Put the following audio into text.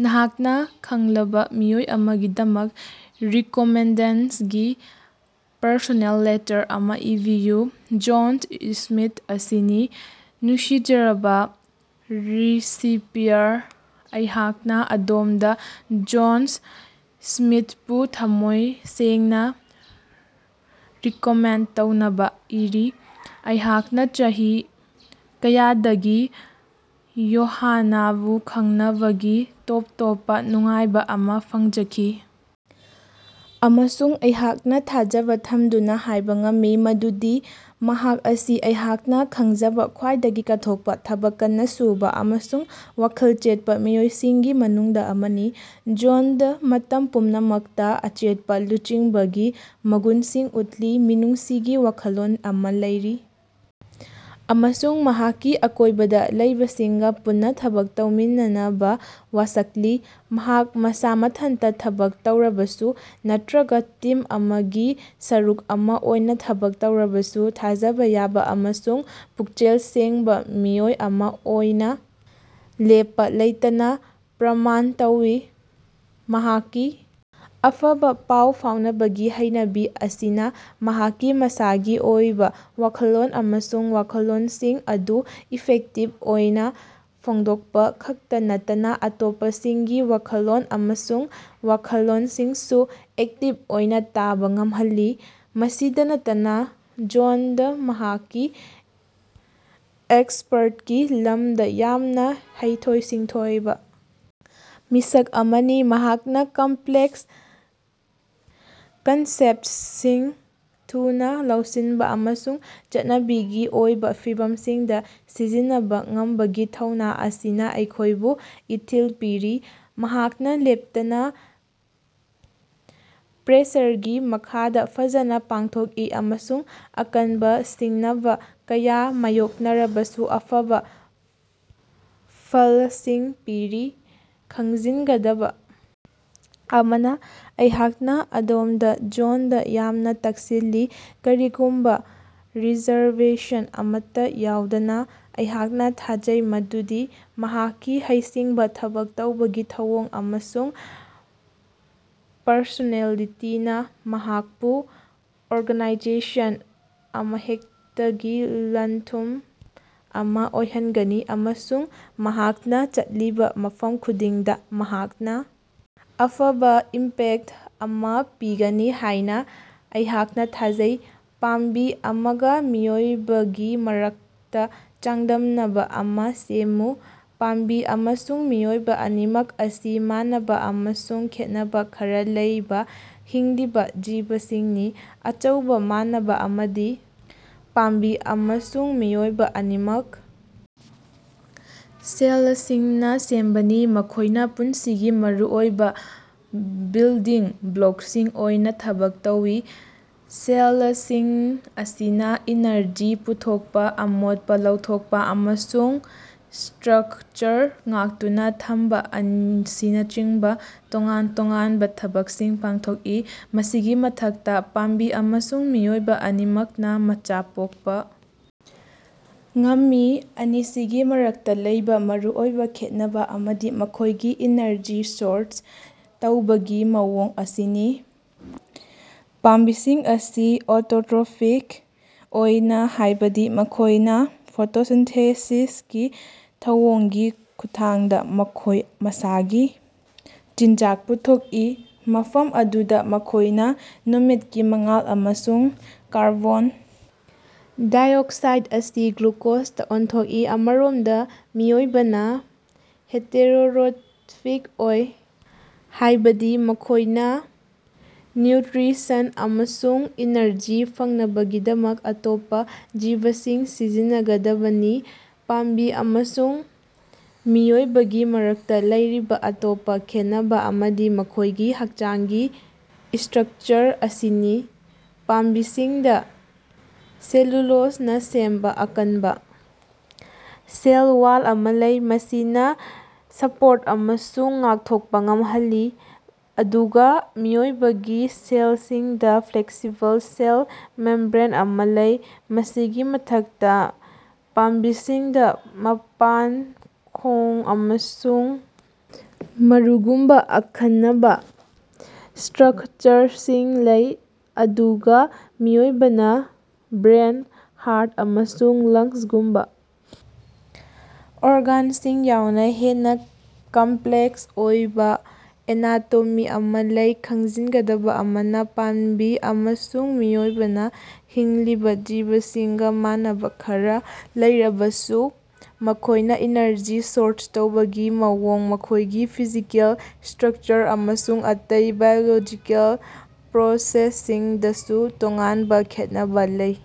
ꯅꯍꯥꯛꯅꯥ ꯈꯪꯂꯤꯕꯥ ꯃꯤꯑꯣꯏ ꯑꯃꯥꯒꯤꯗꯃꯛ ꯔꯤꯀꯣꯃꯦꯟꯗꯦꯁꯟꯒꯤ personal letter ꯑꯃꯥ ꯏꯕꯤꯌꯨ꯫ ꯖꯣꯟ ꯁ꯭ꯃꯤꯊ ꯑꯁꯤꯅꯤ꯫ ꯅꯨꯡꯁꯤꯖꯔꯕꯥ ꯔꯤꯁꯤꯄꯤꯌꯔ, ꯑꯩꯍꯥꯛꯅꯥ ꯑꯗꯣꯝꯗꯥ ꯖꯣꯟꯁ ꯁ꯭ꯃꯤꯊꯄꯨ ꯊꯝꯃꯣꯏ ꯁꯦꯡꯅꯥ ꯔꯤꯀꯣꯃꯦꯟ ꯇꯧꯅꯕꯥ ꯏꯔꯤ꯫ ꯑꯩꯍꯥꯛꯅꯥ ꯆꯍꯤ ꯀꯌꯥꯗꯒꯤ ꯌꯣꯍꯥꯅꯕꯨ ꯈꯪꯅꯕꯒꯤ ꯇꯣꯞ ꯇꯣꯞꯄꯥ ꯅꯨꯡꯉꯥꯏꯕꯥ ꯑꯃꯥ ꯐꯪꯖꯈꯤ, ꯑꯃꯁꯨꯡ ꯑꯩꯍꯥꯛꯅꯥ ꯊꯥꯖꯕ ꯊꯝꯗꯨꯅꯥ ꯍꯥꯏꯕ ꯉꯝꯃꯤ ꯃꯗꯨꯗꯤ ꯃꯍꯥꯛ ꯑꯁꯤ ꯑꯩꯍꯥꯛꯅꯥ ꯈꯪꯖꯕ ꯈ꯭ꯋꯥꯏꯗꯒꯤ ꯀꯠꯊꯣꯛꯄꯥ, ꯊꯕꯛ ꯀꯟꯅꯥ ꯁꯨꯕꯥ ꯑꯃꯁꯨꯡ ꯋꯥꯈꯜ ꯆꯦꯠꯄꯥ ꯃꯤꯑꯣꯏꯁꯤꯡꯒꯤ ꯃꯅꯨꯡꯗꯥ ꯑꯃꯅꯤ꯫ ꯖꯣꯟꯗꯥ ꯃꯇꯝ ꯄꯨꯝꯅꯃꯛꯇꯥ ꯑꯆꯦꯠꯄꯥ ꯂꯨꯆꯤꯡꯕꯒꯤ ꯃꯒꯨꯟꯁꯤꯡ ꯎꯠꯂꯤ꯫ ꯃꯤꯅꯨꯡꯁꯤꯒꯤ ꯋꯥꯈꯜꯂꯣꯟ ꯑꯃꯥ ꯂꯩꯔꯤ ꯑꯃꯁꯨꯡ ꯃꯍꯥꯛꯀꯤ ꯑꯀꯣꯏꯕꯗꯥ ꯂꯩꯕꯁꯤꯡꯒꯥ ꯄꯨꯟꯅꯥ ꯊꯕꯛ ꯇꯧꯃꯤꯟꯅꯅꯕꯥ ꯋꯥꯁꯛꯂꯤ꯫ ꯃꯍꯥꯛ ꯃꯁꯥ ꯃꯊꯟꯇꯥ ꯊꯕꯛ ꯇꯧꯔꯕꯁꯨ ꯅꯠꯇ꯭ꯔꯒꯥ ꯇꯤꯝ ꯑꯃꯒꯤ ꯁꯔꯨꯛ ꯑꯃꯥ ꯑꯣꯏꯅ ꯊꯕꯛ ꯇꯧꯔꯕꯁꯨ ꯊꯥꯖꯕ ꯌꯥꯕ ꯑꯃꯁꯨꯡ ꯄꯨꯛꯆꯦꯜ ꯁꯦꯡꯕꯥꯃꯤꯑꯣꯏ ꯑꯃꯥ ꯑꯣꯏꯅ ꯂꯦꯞꯄꯥ ꯂꯩꯇꯅꯥ ꯄ꯭ꯔꯃꯥꯟ ꯇꯧꯏ꯫ ꯃꯍꯥꯛꯀꯤ ꯑꯐꯕꯥ ꯄꯥꯎ ꯐꯥꯎꯅꯕꯒꯤ ꯍꯩꯅꯕꯤ ꯑꯁꯤꯅꯥ ꯃꯍꯥꯛꯀꯤ ꯃꯁꯥꯒꯤ ꯑꯣꯏꯕ ꯋꯥꯈꯜꯂꯣꯟ ꯑꯃꯁꯨꯡ ꯋꯥꯈꯜꯂꯣꯟꯁꯤꯡ ꯑꯗꯨ ꯏꯐꯦꯛꯇꯤꯕ ꯑꯣꯏꯅꯥ ꯐꯣꯡꯗꯣꯛꯄꯥ ꯈꯛꯇꯥ ꯅꯠꯇꯅꯥ ꯑꯇꯣꯞꯄꯁꯤꯡꯒꯤ ꯋꯥꯈꯜꯂꯣꯟ ꯑꯃꯁꯨꯡ ꯋꯥꯈꯜꯂꯣꯟꯁꯤꯡꯁꯨ ꯑꯦꯛꯇꯤꯕ ꯑꯣꯏꯅꯥ ꯇꯥꯕ ꯉꯝꯍꯜꯂꯤ꯫ ꯃꯁꯤꯗꯥ ꯅꯠꯇꯅꯥ, ꯖꯣꯟꯗꯥ ꯃꯍꯥꯛꯀꯤ ꯑꯦꯛꯁꯄꯔꯇꯀꯤ ꯂꯝꯗꯥ ꯌꯥꯝꯅꯥ ꯍꯩꯊꯣꯏ-ꯁꯤꯡꯊꯣꯏꯕ ꯃꯤꯁꯛ ꯑꯃꯅꯤ, ꯃꯍꯥꯛꯅꯥ ꯀꯝꯞꯂꯦꯛꯁ ꯀꯟꯁꯦꯞꯇꯁꯤꯡ ꯊꯨꯅꯥ ꯂꯧꯁꯤꯟꯕ ꯑꯃꯁꯨꯡ ꯆꯠꯅꯕꯤꯒꯤ ꯑꯣꯏꯕ ꯐꯤꯚꯝꯁꯤꯡꯗꯥ ꯁꯤꯖꯤꯟꯅꯕꯥ ꯉꯝꯕꯒꯤ ꯊꯧꯅꯥ ꯑꯁꯤꯅꯥ ꯑꯩꯈꯣꯏꯕꯨ ꯏꯊꯤꯜ ꯄꯤꯔꯤ꯫ ꯃꯍꯥꯛꯅꯥ ꯂꯦꯞꯇꯅꯥ ꯄ꯭ꯔꯦꯁꯔꯒꯤ ꯃꯈꯥꯗꯥ ꯐꯖꯅꯥ ꯄꯥꯡꯊꯣꯛꯏ ꯑꯃꯁꯨꯡ ꯑꯀꯟꯕꯥ ꯁꯤꯡꯅꯕꯥ ꯀꯌꯥ ꯃꯥꯌꯣꯛꯅꯔꯕꯁꯨ ꯑꯐꯕ ꯐꯜꯁꯤꯡ ꯄꯤꯔꯤ꯫ ꯈꯪꯖꯤꯟꯒꯗꯕꯥ ꯑꯃꯅꯥ, ꯑꯩꯍꯥꯛꯅꯥ ꯑꯗꯣꯝꯗꯥ ꯖꯣꯟꯗꯥ ꯌꯥꯝꯅ ꯇꯛꯁꯤꯜꯂꯤ, ꯀꯔꯤꯒꯨꯝꯕ ꯔꯤꯖꯔꯕꯦꯁꯟ ꯑꯃꯠꯇꯥ ꯌꯥꯎꯗꯅꯥ꯫ ꯑꯩꯍꯥꯛꯅꯥ ꯊꯥꯖꯩ ꯃꯗꯨꯗꯤ ꯃꯍꯥꯛꯀꯤ ꯍꯩꯁꯤꯡꯕꯥ, ꯊꯕꯛ ꯇꯧꯕꯒꯤ ꯊꯧꯑꯣꯡ, ꯑꯃꯁꯨꯡ ꯄꯔꯁꯣꯅꯦꯂꯤꯇꯤꯅꯥ ꯃꯍꯥꯛꯄꯨ ꯑꯣꯔꯒꯅꯥꯏꯖꯦꯁꯟ ꯑꯃꯍꯦꯛꯇꯒꯤ ꯂꯟ ꯊꯨꯝ ꯑꯃꯥ ꯑꯣꯏꯍꯟꯒꯅꯤ, ꯑꯃꯁꯨꯡ ꯃꯍꯥꯛꯅꯥ ꯆꯠꯂꯤꯕꯥ ꯃꯐꯝ ꯈꯨꯗꯤꯡꯗꯥ ꯃꯍꯥꯛꯅꯥ ꯑꯐꯕ ꯏꯝꯄꯦꯛꯇ ꯑꯃꯥ ꯄꯤꯒꯅꯤ ꯍꯥꯏꯅꯥ ꯑꯩꯍꯥꯛꯅꯥ ꯊꯥꯖꯩ꯫ ꯄꯥꯝꯕꯤ ꯑꯃꯥꯒ ꯃꯤꯑꯣꯏꯕꯒꯤ ꯃꯔꯛꯇꯥ ꯆꯥꯡꯗꯝꯅꯕ ꯑꯃꯥ ꯁꯦꯝꯃꯨ꯫ ꯄꯥꯝꯕꯤ ꯑꯃꯁꯨꯡ ꯃꯤꯑꯣꯏꯕ ꯑꯅꯤꯃꯛ ꯑꯁꯤ ꯃꯥꯟꯅꯕ ꯑꯃꯁꯨꯡ ꯈꯦꯠꯅꯕ ꯈꯔꯥ ꯂꯩꯕ ꯍꯤꯡꯂꯤꯕ ꯖꯤꯕꯁꯤꯡꯅꯤ꯫ ꯑꯆꯧꯕ ꯃꯥꯟꯅꯕ ꯑꯃꯗꯤ ꯄꯥꯝꯕꯤ ꯑꯃꯁꯨꯡ ꯃꯤꯑꯣꯏꯕ ꯑꯅꯤꯃꯛ ꯁꯦꯂꯁꯤꯡꯅ ꯁꯦꯝꯕꯅꯤ, ꯃꯈꯣꯏꯅ ꯄꯨꯟꯁꯤꯒꯤ ꯃꯔꯨꯑꯣꯏꯕ ꯕꯤꯜꯗꯤꯡ ꯕ꯭ꯂꯣꯀꯁꯤꯡ ꯑꯣꯏꯅ ꯊꯕꯛ ꯇꯧꯏ꯫ ꯁꯦꯂꯁꯤꯡ ꯑꯁꯤꯅꯥ ꯏꯅꯔꯖꯤ ꯄꯨꯊꯣꯛꯄꯥ, ꯑꯃꯣꯠꯄꯥ ꯂꯧꯊꯣꯛꯄꯥ, ꯑꯃꯁꯨꯡ ꯁ꯭ꯠꯔꯀꯆꯔ ꯉꯥꯛꯇꯨꯅꯥ ꯊꯝꯕ ꯑꯁꯤꯅꯆꯤꯡꯕ ꯇꯣꯉꯥꯟ ꯇꯣꯉꯥꯟꯕ ꯊꯕꯛꯁꯤꯡ ꯄꯥꯡꯊꯣꯛꯏ꯫ ꯃꯁꯤꯒꯤ ꯃꯊꯛꯇꯥ, ꯄꯥꯝꯕꯤ ꯑꯃꯁꯨꯡ ꯃꯤꯑꯣꯏꯕ ꯑꯅꯤꯃꯛꯅꯥ ꯃꯆꯥ ꯄꯣꯛꯄꯥ ꯉꯝꯃꯤ꯫ ꯑꯅꯤꯁꯤꯒꯤ ꯃꯔꯛꯇꯥ ꯂꯩꯕ ꯃꯔꯨꯑꯣꯏꯕ ꯈꯦꯠꯅꯕ ꯑꯃꯗꯤ ꯃꯈꯣꯏꯒꯤ ꯏꯅꯔꯖꯤ ꯁꯣꯔꯁ ꯇꯧꯕꯒꯤ ꯃꯑꯣꯡ ꯑꯁꯤꯅꯤ꯫ ꯄꯥꯝꯕꯤꯁꯤꯡ ꯑꯁꯤ ꯑꯣꯇꯣꯠꯔꯣꯐꯤꯛ ꯑꯣꯏ, ꯍꯥꯏꯕꯗꯤ ꯃꯈꯣꯏꯅꯥ ꯐꯣꯇꯣꯁꯤꯟꯊꯦꯁꯤꯁꯀꯤ ꯊꯧꯑꯣꯡꯒꯤ ꯈꯨꯠꯊꯥꯡꯗꯥ ꯃꯈꯣꯏ ꯃꯁꯥꯒꯤ ꯆꯤꯟꯖꯥꯛ ꯄꯨꯊꯣꯛꯏ, ꯃꯐꯝ ꯑꯗꯨꯗꯥ ꯃꯈꯣꯏꯅꯥ ꯅꯨꯃꯤꯠꯀꯤ ꯃꯉꯥꯜ ꯑꯃꯁꯨꯡ ꯀꯥꯔꯕꯣꯟ ꯗꯥꯏꯑꯣꯛꯁꯥꯏꯗ ꯑꯁꯤ ꯒ꯭ꯂꯨꯀꯣꯖꯇꯥ ꯑꯣꯟꯊꯣꯛꯏ꯫ ꯑꯃꯔꯣꯝꯗꯥ ꯃꯤꯑꯣꯏꯕꯅꯥ ꯍꯦꯇꯦꯔꯣꯔꯣꯠꯐꯤꯛ ꯑꯣꯏ, ꯍꯥꯏꯕꯗꯤ ꯃꯈꯣꯏꯅꯥ ꯅ꯭ꯌꯨꯠꯔꯤꯁꯟ ꯑꯃꯁꯨꯡ ꯏꯅꯔꯖꯤ ꯐꯪꯅꯕꯒꯤꯗꯃꯛ ꯑꯇꯣꯞꯄꯥ ꯖꯤꯕꯁꯤꯡ ꯁꯤꯖꯤꯟꯅꯒꯗꯕꯅꯤ꯫ ꯄꯥꯝꯕꯤ ꯑꯃꯁꯨꯡ ꯃꯤꯑꯣꯏꯕꯒꯤ ꯃꯔꯛꯇꯥ ꯂꯩꯔꯤꯕ ꯑꯇꯣꯞꯄꯥ ꯈꯦꯟꯅꯕ ꯑꯃꯗꯤ ꯃꯈꯣꯏꯒꯤ ꯍꯛꯆꯥꯡꯒꯤ ꯁ꯭ꯠꯔꯀꯆꯔ ꯑꯁꯤꯅꯤ꯫ ꯄꯥꯝꯕꯤꯁꯤꯡꯗꯥ ꯁꯦꯂꯨꯂꯣꯖꯅꯥ ꯁꯦꯝꯕꯥ ꯑꯀꯟꯕꯥ ꯁꯦꯜ ꯋꯥꯜ ꯑꯃꯥ ꯂꯩ꯫ ꯃꯁꯤꯅꯥ ꯁꯄꯣꯔꯠ ꯑꯃꯁꯨꯡ ꯉꯥꯛꯊꯣꯛꯄꯥ ꯉꯝꯍꯜꯂꯤ, ꯑꯗꯨꯒꯥ ꯃꯤꯑꯣꯏꯕꯒꯤ ꯁꯦꯂꯁꯤꯡꯗꯥ ꯐ꯭ꯂꯦꯛꯁꯤꯕꯜ ꯁꯦꯜ ꯃꯦꯝꯕ꯭ꯔꯦꯟ ꯑꯃꯥ ꯂꯩ꯫ ꯃꯁꯤꯒꯤ ꯃꯊꯛꯇꯥ, ꯄꯥꯝꯕꯤꯁꯤꯡꯗꯥ ꯃꯄꯥꯟ, ꯈꯣꯡ, ꯑꯃꯁꯨꯡ ꯃꯔꯨꯒꯨꯝꯕꯥ ꯑꯈꯟꯅꯕꯥ ꯁ꯭ꯠꯔꯀꯆꯔꯁꯤꯡ ꯂꯩ, ꯑꯗꯨꯒꯥ ꯃꯤꯑꯣꯏꯕꯅꯥ ꯕ꯭ꯔꯦꯟ, ꯍꯥꯔꯠ ꯑꯃꯁꯨꯡ ꯂꯪꯁꯒꯨꯝꯕꯥ ꯑꯣꯔꯒꯥꯟꯁꯤꯡ ꯌꯥꯎꯅꯥ ꯍꯦꯟꯅꯥ ꯀꯝꯞꯂꯦꯛꯁ ꯑꯣꯏꯕ ꯑꯦꯅꯥꯇꯣꯃꯤ ꯑꯃꯥ ꯂꯩ꯫ ꯈꯪꯖꯤꯟꯒꯗꯕꯥ ꯑꯃꯅꯥ, ꯄꯥꯝꯕꯤ ꯑꯃꯁꯨꯡ ꯃꯤꯑꯣꯏꯕꯅ ꯍꯤꯡꯂꯤꯕ ꯖꯤꯕꯁꯤꯡꯒꯥ ꯃꯥꯟꯅꯕ ꯈꯔꯥ ꯂꯩꯔꯕꯁꯨ, ꯃꯈꯣꯏꯅꯥ ꯏꯅꯔꯖꯤ ꯁꯣꯔꯁ ꯇꯧꯕꯒꯤ ꯃꯑꯣꯡ, ꯃꯈꯣꯏꯒꯤ ꯐꯤꯖꯤꯀꯦꯜ ꯁ꯭ꯠꯔꯀꯆꯔ ꯑꯃꯁꯨꯡ ꯑꯇꯩ ꯕꯥꯏꯑꯣꯂꯣꯖꯤꯀꯦꯜ ꯄ꯭ꯔꯣꯁꯦꯁꯁꯤꯡꯗꯁꯨ ꯇꯣꯉꯥꯟꯕ ꯈꯦꯠꯅꯕꯥ ꯂꯩ꯫